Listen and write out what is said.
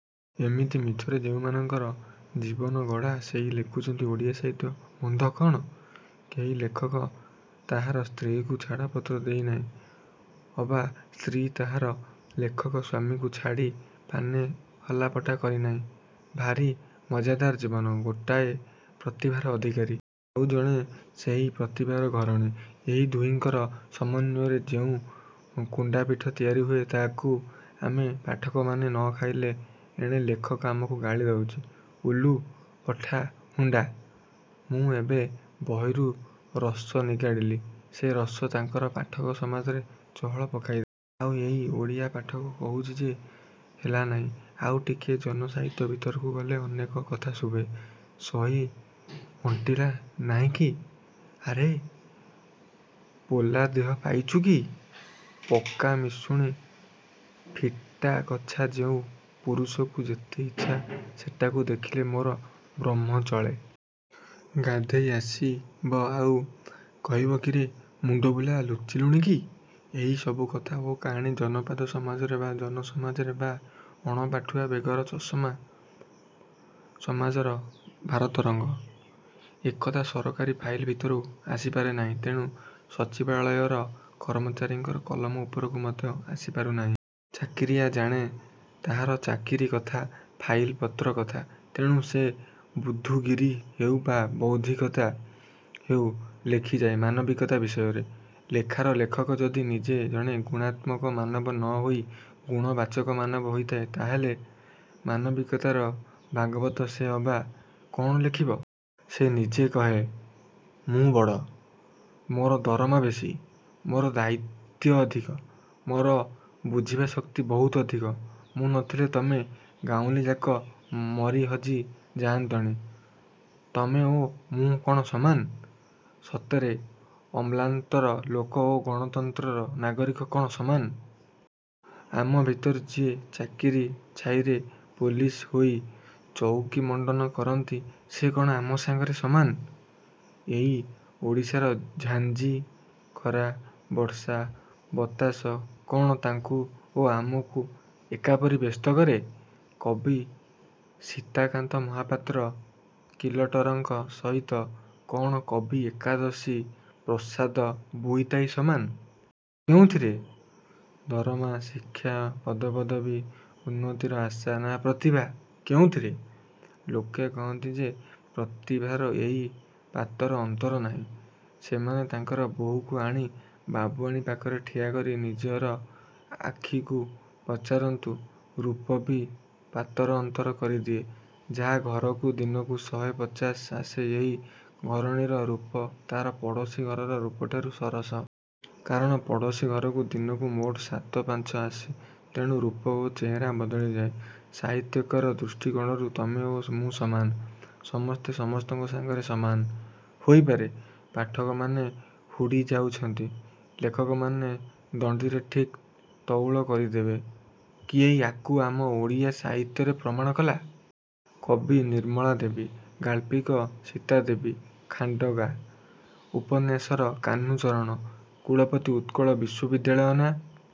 ଏମିତି ମିଛରେ ଯେଉଁମାନଙ୍କର ଜୀବନ ଗଢ଼ା ସେଇ ଲେଖୁଛନ୍ତି ଓଡ଼ିଆ ସାହିତ୍ୟ। ମନ୍ଦ କ'ଣ? କେହି ଲେଖକ ତାହାର ସ୍ତ୍ରୀ'କୁ ଛାଡ଼ପତ୍ର ଦେଇ ନାହିଁ ଅବା ସ୍ତ୍ରୀ ତାହାର ଲେଖକ ସ୍ୱାମୀକୁ ଛାଡ଼ି ପାନେ ହଲାପଟା କରିନାହିଁ। ଭାରି ମଜ୍ଜାଦାର ଜୀବନ। ଗୋଟାଏ ପ୍ରତିଭାର ଅଧିକାରୀ। ଆଉ ଜଣେ ସେହି ପ୍ରତିଭାର ଘରଣୀ। ଏହି ଦୁହିଙ୍କର ସମନ୍ୱୟରେ ଯେଉଁ କୁଣ୍ତାପିଠା ତିଆରି ହୁଏ ତା'କୁ ଆମେ ପାଠକମାନେ ନ ଖାଇଲେ ଏଣେ ଲେଖକ ଆମକୁ ଗାଳି ଦଉଛି-ଓଲୁ, ପଠା, ହୁଣ୍ତା। ମୁଁ ଏତେ ବହିରୁ ରସ ନିଗାଡ଼ିଲି। ସେ ରସ ତାଙ୍କର ପାଠକ ସମାଜରେ ଚହଳ ପକାଇ ଦେଲା। ଆଉ ଏହି ଓଡ଼ିଆପାଠକ କହୁଛି ଯେ ହେଲା ନାହିଁ। ଆଉ ଟିକିଏ ଜନ ସାହିତ୍ୟ ଭିତରକୁ ଗଲେ ଅନେକ କଥା ଶୁଭେ। ସହି ଅଣ୍ଟିଲା ନାହିଁକି? -ଆରେ ପୋଲା ଦେହ ପାଇଛୁ କି? ପକା ମଶୁଣି ଫିଟା କଛା ଯେଉଁ ପୁରୁଷକୁ ଯେତେ ଇଚ୍ଛା-ସେଇଟାକୁ ଦେଖିଲେ ମୋର ବ୍ରହ୍ମ ଚଳେ। ଗାଧୋଇ ଆସିବ ଆଉ କହିବ କିରେ ମୁଣ୍ତବୁଲା ଲୁଚିଲୁଣି କି? ଏହି ସବୁ କଥା ଓ କାହାଣୀ ଜନପଦ ସମାଜର ବା ଜନ ସମାଜର ବା ଅଣପାଠୁଆ ବେଗର ଚଷମା ସମାଜର ଭାରତରଙ୍ଗ। ଏକଥା ସରକାରୀ ଫାଇଲ ଭିତରକୁ ଆସିପାରେ ନାହିଁ। ତେଣୁ ସଚିବାଳୟର କର୍ମଚାରୀଙ୍କର କଲମ ଉପରକୁ ମଧ୍ୟ ଆସି ପାରୁନାହିଁ। ଚାକିରିଆ ଜାଣେ ତାହାର ଚାକିରି କଥା-ଫାଇଲ ପତ୍ର କଥା। ତେଣୁ ସେ ବୁଦ୍ଧୁଗିରି ହେଉ ବା ବୌଦ୍ଧିକତା ହେଉ ଲେଖିଯାଏ ମାନବିକତା ବିଷୟରେ। ଲେଖାର ଲେଖକ ଯଦି ନିଜେ ଜଣେ ଗୁଣାତ୍ମକ ମାନବ ନ ହୋଇ ଗୁଣବାଚକ ମାନବ ହୋଇଥାଏ ତାହାହେଲେ ମାନବିକତାର ଭାଗବତ ସେ ଅବା କ'ଣ ଲେଖିବ? ସେ ନିଜେ କହେ-ମୁଁ ବଡ଼। ମୋର ଦରମା ବେଶି। ମୋର ଦାୟିତ୍ୟ ଅଧିକ। ମୋର ବୁଝିବା ଶକ୍ତି ବହୁତ ଅଧିକ। ମୁଁ ନ ଥିଲେ ତମେ ଗାଉଁଲିଯାକ ମରି ହଜି ଯାଆନ୍ତଣି। ତମେ ଓ ମୁଁ କ'ଣ ସମାନ? ସତରେ ଅମଲାତନ୍ତ୍ରର ଲୋକ ଓ ଗଣତନ୍ତ୍ରର ନାଗରିକ କ'ଣ ସମାନ? ଆମ ଭିତରେ ଯିଏ ଚାକିରି ଛାଇରେ ପାଲିସ୍ ହୋଇ ଚଉକି ମଣ୍ତନ କରନ୍ତି ସେମାନେ କ'ଣ ଆମ ସାଙ୍ଗରେ ସମାନ।? ଏଇ ଓଡ଼ିଶାର ଝାଞ୍ଜି, ଖରା, ବର୍ଷା, ବତାସ କ'ଣ ତାଙ୍କୁ ଓ ଆମକୁ ଏକାପରି ବ୍ୟସ୍ତ କରେ? କବି ସୀତାକାନ୍ତ ମହାପାତ୍ର କିଲଟରଙ୍କ ସହିତ କ'ଣ କବି ଏକାଦଶୀ ପ୍ରସାଦ ବୋଇତାଇ ସମାନ? କେଉଁଥିରେ? ଦରମା, ଶିକ୍ଷା, ପଦପଦବୀ, ଉନ୍ନତିର ଆଶା ନା ପ୍ରତିଭା-କେଉଁଥିରେ? ଲୋକେ କହନ୍ତି ଯେ ପ୍ରତିଭାର ଏହି ପାତର ଅନ୍ତର ନାହିଁ। ସେମାନେ ତାଙ୍କର ବୋହୂକୁ ଆଣି ବାବୁଆଣୀ ପାଖରେ ଠିଆ କରି ନିଜର ଆଖିକୁ ପଚାରନ୍ତୁ-ରୂପ ବି ପାତର ଅନ୍ତର କରିଦିଏ। ଯାହା ଘରକୁ ଦିନକୁ ଶହେ ପଚାଶ ଆସେ ସେହି ଘରଣୀର ରୂପ ତାହାର ପଡ଼ୋଶୀ ଘରଣୀର ରୂପଠାରୁ ସରସ। କାରଣ ପଡ଼ୋଶୀ ଘରକୁ ଦିନକୁ ମୋଟେ ସାତ ପାଞ୍ଚ ଆସେ। ତେଣୁ ରୂପ ଓ ଚେହେରା ବଦଳିଯାଏ। ସାହିତ୍ୟିକର ଦୃଷ୍ଟିକୋଣରୁ ତମେ ଓ ମୁଁ ସମାନ। ସମସ୍ତେ ସମସ୍ତଙ୍କ ସାଙ୍ଗରେ ସମାନ-। ହୋଇପାରେ-ପାଠକମାନେ ହୁଡ଼ି ଯାଉଛନ୍ତି। ଲେଖକମାନେ ଦଣ୍ତିରେ ଠିକ୍ ତଉଲ କରିଦେବେ-। କିଏ ୟା'କୁ ଆମର ଓଡ଼ିଆ ସାହିତ୍ୟରେ ପ୍ରମାଣ କଲା? କବି ନିର୍ମଳା ଦେବୀ, ଗାଳ୍ପିକ ସୀତାଦେବୀ ଖାଡ଼ଙ୍ଗା, ଉପନ୍ୟାସକାର କାହ୍ନୁଚରଣ, କୁଳପତି ଉତ୍କଳ ବିଶ୍ୱବିଦ୍ୟାଳୟ ନା